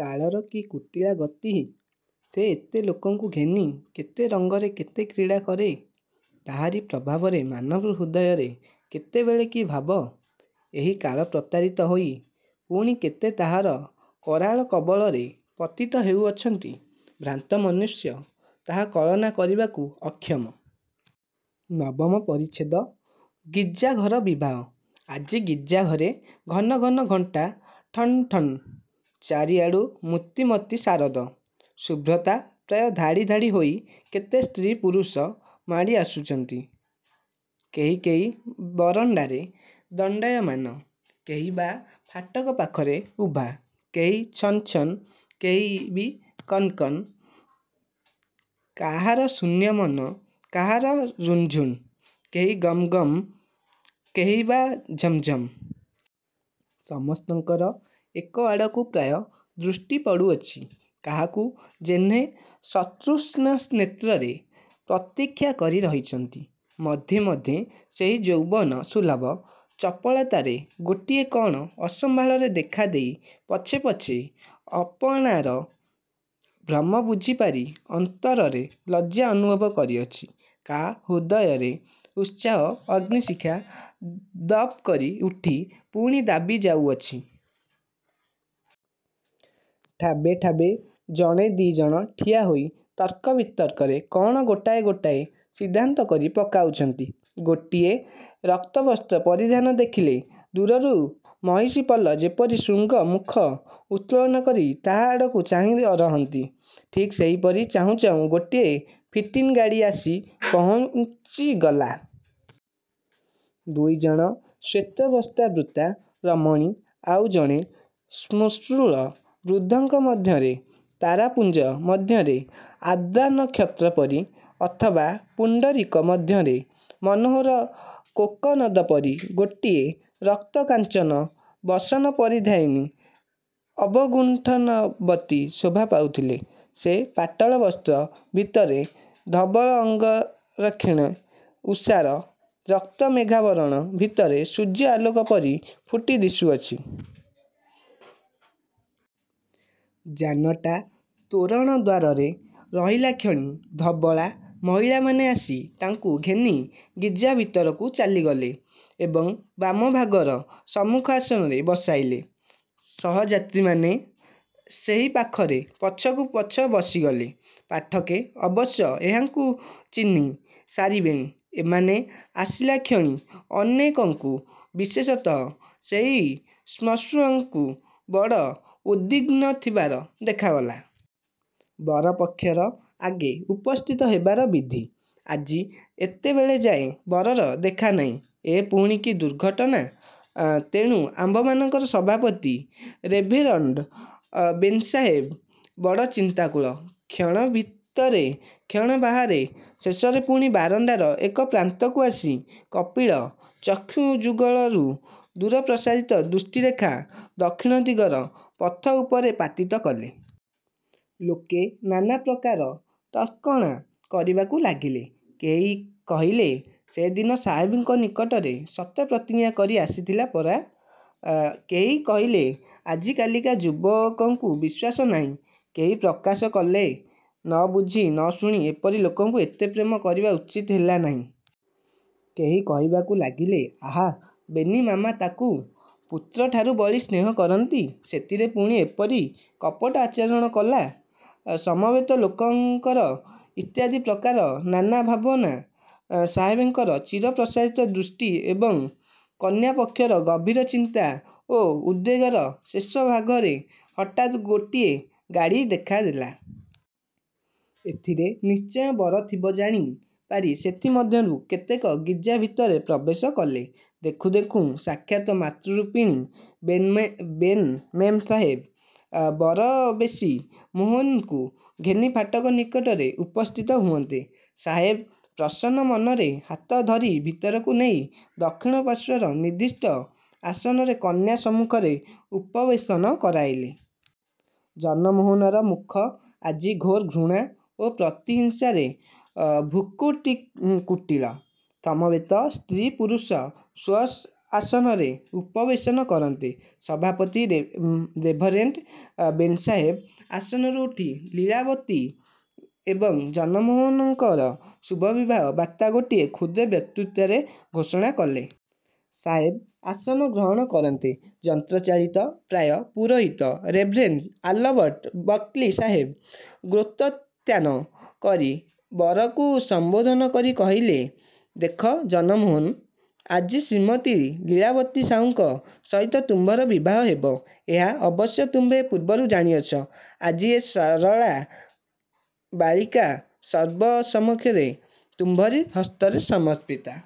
କାଳର କି କୁଟିଳା ଗତି! ସେ ଏତେ ଲୋକଙ୍କୁ ଘେନି କେତେ ରଙ୍ଗରେ କେତେ କ୍ରୀଡ଼ା କରେ! ତାହାରି ପ୍ରଭାବରେ ମାନବ ହୃଦୟରେ କେତେବେଳେ କି ଭାବ! ଏହି କାଳପ୍ରତାରିତ ହୋଇ ପୁଣି କେତେ ତାହାର କରାଳକବଳରେ ପତିତ ହେଉଅଛନ୍ତି! ଭ୍ରାନ୍ତ ମନୁଷ୍ୟ ତାହା କଳନା କରିବାକୁ ଅକ୍ଷମ। ନବମ ପରିଚ୍ଛେଦ ଗିର୍ଜାଘର ବିବାହ ଆଜି ଗିର୍ଜାଘରେ ଘନ ଘନ ଘଣ୍ଟା ଠନ୍ଠନ୍। ଚାରିଆଡ଼ୁ ମୂର୍ତ୍ତିମତୀ ଶାରଦ ଶୁଭ୍ରତା ପ୍ରାୟ ଧାଡ଼ି ଧାଡ଼ି ହୋଇ କେତେ ସ୍ତ୍ରୀ ପୁରୁଷ ମାଡ଼ି ଆସୁଅଛନ୍ତି, କେହି କେହି ବରଣ୍ଡାରେ ଦଣ୍ଡାୟମାନ, କେହି ବା ଫାଟକ ପାଖରେ ଉଭା, କେହି ଛନ୍ ଛନ୍, କେହି ବି କନ୍ କନ୍; କାହାର ଶୂନ୍ୟ ମନ କାହାର ରଣଝଣ୍; କେହି ଗମ୍ ଗମ୍ କେହି ବା ଝମ୍ ଝମ୍। ସମସ୍ତଙ୍କର ଏକଆଡ଼କୁ ପ୍ରାୟ ଦୃଷ୍ଟି ପଡ଼ୁଅଛି କାହାକୁ ଯେହ୍ନେ ସତୃଷ୍ଣନେତ୍ରରେ ପ୍ରତୀକ୍ଷା କରି ରହିଛନ୍ତି। ମଧ୍ୟେ ମଧ୍ୟେ ସେହି ଯୌବନସୁଲଭ ଚପଳତାରେ ଗୋଟିଏ କଣ ଅସମ୍ଭାଳରେ ଦେଖାଦେଇ ପଛେ ପଛେ ଆପଣାର ଭ୍ରମ ବୁଝି ପାରି ଅନ୍ତରରେ ଲଜ୍ଜା ଅନୁଭବ କରିଅଛି। କାହା ହୃଦୟରେ ଉତ୍ସାହ-ଅଗ୍ନିଶିଖା ଦପ୍ କରି ଉଠି ପୁଣି ଦବି ଯାଉଅଛି। ଠାବେ ଠାବେ ଜଣେ ଦି ଜଣ ଠିଆ ହୋଇ ତର୍କ ବିତର୍କରେ କଣ ଗୋଟାଏ ଗୋଟାଏ ସିଦ୍ଧାନ୍ତ କରି ପକାଉଛନ୍ତି। ଗୋଟିଏ ରକ୍ତବସ୍ତ୍ର ପରିଧାନ ଦେଖିଲେ ଦୂରରୁ ମହିଷପଲ ଯେପରି ଶୃଙ୍ଗ ମୁଖ ଉତ୍ତୋଳନ କରି ତାହା ଆଡ଼କୁ ଚାହିଁ ରହନ୍ତି, ଠିକ୍ ସେହିପରି ଚାହୁଁ ଚାହୁଁ ଗୋଟିଏ ଫିଟିନ ଗାଡ଼ି ଆସି ପହୁଞ୍ଚିଗଲା। ଦୁଇଜଣ ଶ୍ୱେତବସ୍ତ୍ରାବୃତା ରମଣୀ ଆଉ ଜଣେ ଶ୍ମଶ୍ରୁଳ ବୃଦ୍ଧଙ୍କ ମଧ୍ୟରେ, ତାରାପୁଞ୍ଜ ମଧ୍ୟରେ ଆର୍ଦ୍ରାନକ୍ଷତ୍ର ପରି ଅଥବା ପୁଣ୍ଡରୀକ ମଧ୍ୟରେ ମନୋହର କୋକନଦ ପରି ଗୋଟିଏ ରକ୍ତକାଞ୍ଚନ ବସନପରିଧାୟିନୀ ଅବଗୁଣ୍ଠନବତୀ ଶୋଭା ପାଉଥିଲେ। ସେ ପାଟଳ ବସ୍ତ୍ର ଭିତରେ ଧବଳଅଙ୍ଗରକ୍ଷିଣୀ ଉଷାର ରକ୍ତ ମେଘାବରଣ ଭିତରେ ସୂର୍ଯ୍ୟ ଆଲୋକ ପରି ଫୁଟି ଦିଶୁଅଛି। ଯାନଟା ତୋରଣଦ୍ୱାରରେ ରହିଲାକ୍ଷଣି ଧବଳା ମହିଳାମାନେ ଆସି ତାଙ୍କୁ ଘେନି ଗିର୍ଜା ଭିତରକୁ ଚାଲିଗଲେ ଏବଂ ବାମଭାଗର ସମ୍ମୁଖ ଆସନରେ ବସାଇଲେ। ସହଯାତ୍ରୀମାନେ ସେହି ପାଖରେ ପଛକୁ ପଛ ବସିଗଲେ। ପାଠକେ, ଅବଶ୍ୟ ଏହାଙ୍କୁ ଚିହ୍ନି ସାରିବେଣି। ଏମାନେ ଆସିଲାକ୍ଷଣି ଅନେକଙ୍କୁ, ବିଶେଷତଃ ସେହି ଶ୍ମଶ୍ରୁଳଙ୍କୁ ବଡ଼ ଉଦ୍ବିଗ୍ନ ଥିବାର ଦେଖାଗଲା। ବର ପକ୍ଷର ଆଗେ ଉପସ୍ଥିତ ହେବାର ବିଧି। ଆଜି ଏତେବେଳଯାଏ ବରର ଦେଖାନାହିଁ। ଏ ପୁଣି କି ଦୁର୍ଘଟନା! ତେଣୁ ଆମ୍ଭମାନଙ୍କର ସଭାପତି ରେଭରଣ୍ଡ ବେନ୍ସାହେବ ବଡ଼ ଚିନ୍ତାକୁଳ। କ୍ଷଣେ ଭିତରେ କ୍ଷଣେ ବାହାରେ, ଶେଷରେ ପୁଣି ବରଣ୍ଡାର ଏକପ୍ରାନ୍ତକୁ ଆସି କପିଳ ଚକ୍ଷୁଯୁଗଳରୁ ଦୂରପ୍ରସାରିତ ଦୃଷ୍ଟିରେଖା ଦକ୍ଷିଣଦିଗର ପଥ ଉପରେ ପାତିତ କଲେ। ଲୋକେ ନାନାପ୍ରକାର ତର୍କଣା କରିବାକୁ ଲାଗିଲେ। କେହି କହିଲେ, ସେ ଦିନ ସାହେବଙ୍କ ନିକଟରେ ସତ୍ୟପ୍ରତିଜ୍ଞା କରି ଆସିଥିଲା ପରା! କେହି କହିଲେ, ଆଜିକାଲିକା ଯୁବକଙ୍କୁ ବିଶ୍ୱାସ ନାହିଁ। କେହି ପ୍ରକାଶ କଲେ, ନ ବୁଝି ନ ଶୁଣି ଏପରି ଲୋକଙ୍କୁ ଏତେ ପ୍ରେମ କରିବା ଉଚିତ ହେଲା ନାହିଁ। କେହି କହିବାକୁ ଲାଗିଲେ, ଆହା! ବେନି ମାମା ତାକୁ ପୁତ୍ରଠାରୁ ବଳି ସ୍ନେହ କରନ୍ତି। ସେଥିରେ ପୁଣି ଏପରି କପଟ ଆଚରଣ କଲା! ସମବେତ ଲୋକଙ୍କର ଇତ୍ୟାଦିପ୍ରକାର ନାନା ଭାବନା, ସାହେବଙ୍କର ଚିରପ୍ରସାରିତ ଦୃଷ୍ଟି ଏବଂ କନ୍ୟାପକ୍ଷର ଗଭୀର ଚିନ୍ତା ଓ ଉଦ୍ବେଗର ଶେଷଭାଗରେ ହଠାତ୍ ଗୋଟିଏ ଗାଡ଼ି ଦେଖା ଦେଲା। ଏଥିରେ ନିଶ୍ଚୟ ବର ଥିବ ଜାଣି ପାରି ସେଥି ମଧ୍ୟରୁ କେତେକ ଗିର୍ଜା ଭିତରେ ପ୍ରବେଶ କଲେ। ଦେଖୁଁ ଦେଖୁଁ ସାକ୍ଷାତ୍ ମାତୃରୂପିଣୀ ବେନ୍ ମେମ ସାହେବ ବରବେଶୀ ମୋହନଙ୍କୁ ଘେନି ଫାଟକ ନିକଟରେ ଉପସ୍ଥିତ ହୁଅନ୍ତେ, ସାହେବ ପ୍ରସନ୍ନ ମନରେ ହାତ ଧରି ଭିତରକୁ ନେଇ ଦକ୍ଷିଣପାର୍ଶ୍ୱର ନିର୍ଦିଷ୍ଟ ଆସନରେ କନ୍ୟା ସମ୍ମୁଖରେ ଉପବେଶନ କରାଇଲେ। ଜନମୋହନର ମୁଖ ଆଜି ଘୋର ଘୃଣା ଓ ପ୍ରତିହିଂସାରେ ଭ୍ରୂକୁଟି କୁଟିଳ। ସମବେତ ସ୍ତ୍ରୀ ପୁରୁଷ ସ୍ୱ ସ୍ୱ ଆସନରେ ଉପବେଶନ କରନ୍ତେ, ସଭାପତି ରେଭରେଣ୍ଡ ବେନ୍ ସାହେବ ଆସନରୁ ଉଠି ଲୀଳାବତୀ ଏବଂ ଜନମୋହନଙ୍କର ଶୁଭବିବାହର ବାର୍ତ୍ତା ଗୋଟିଏ କ୍ଷୁଦ୍ର ବକ୍ତୃତାରେ ଘୋଷଣା କଲେ। ସାହେବ ଆସନ ଗ୍ରହଣ କରନ୍ତେ, ଯନ୍ତ୍ରଚାଳିତ ପ୍ରାୟ ପୁରୋହିତ ରେଭରେଣ୍ଡ ଆଲବର୍ଟ ବକ୍ଲି ସାହେବ ଗାତ୍ରୋତ୍ଥାନ କରି ବରକୁ ସମ୍ବୋଧନ କରି କହିଲେ, ଦେଖ ଜନମୋହନ! ଆଜି ଶ୍ରୀମତୀ ଲୀଳାବତୀ ସାହୁଙ୍କ ସହିତ ତୁମ୍ଭର ବିବାହ ହେବ। ଏହା ଅବଶ୍ୟ ତୁମ୍ଭେ ପୂର୍ବରୁ ଜାଣିଅଛ। ଆଜି ଏ ସରଳା ବାଳିକା ସର୍ବସମକ୍ଷରେ ତୁମ୍ଭରି ହସ୍ତରେ ସମର୍ପିତା।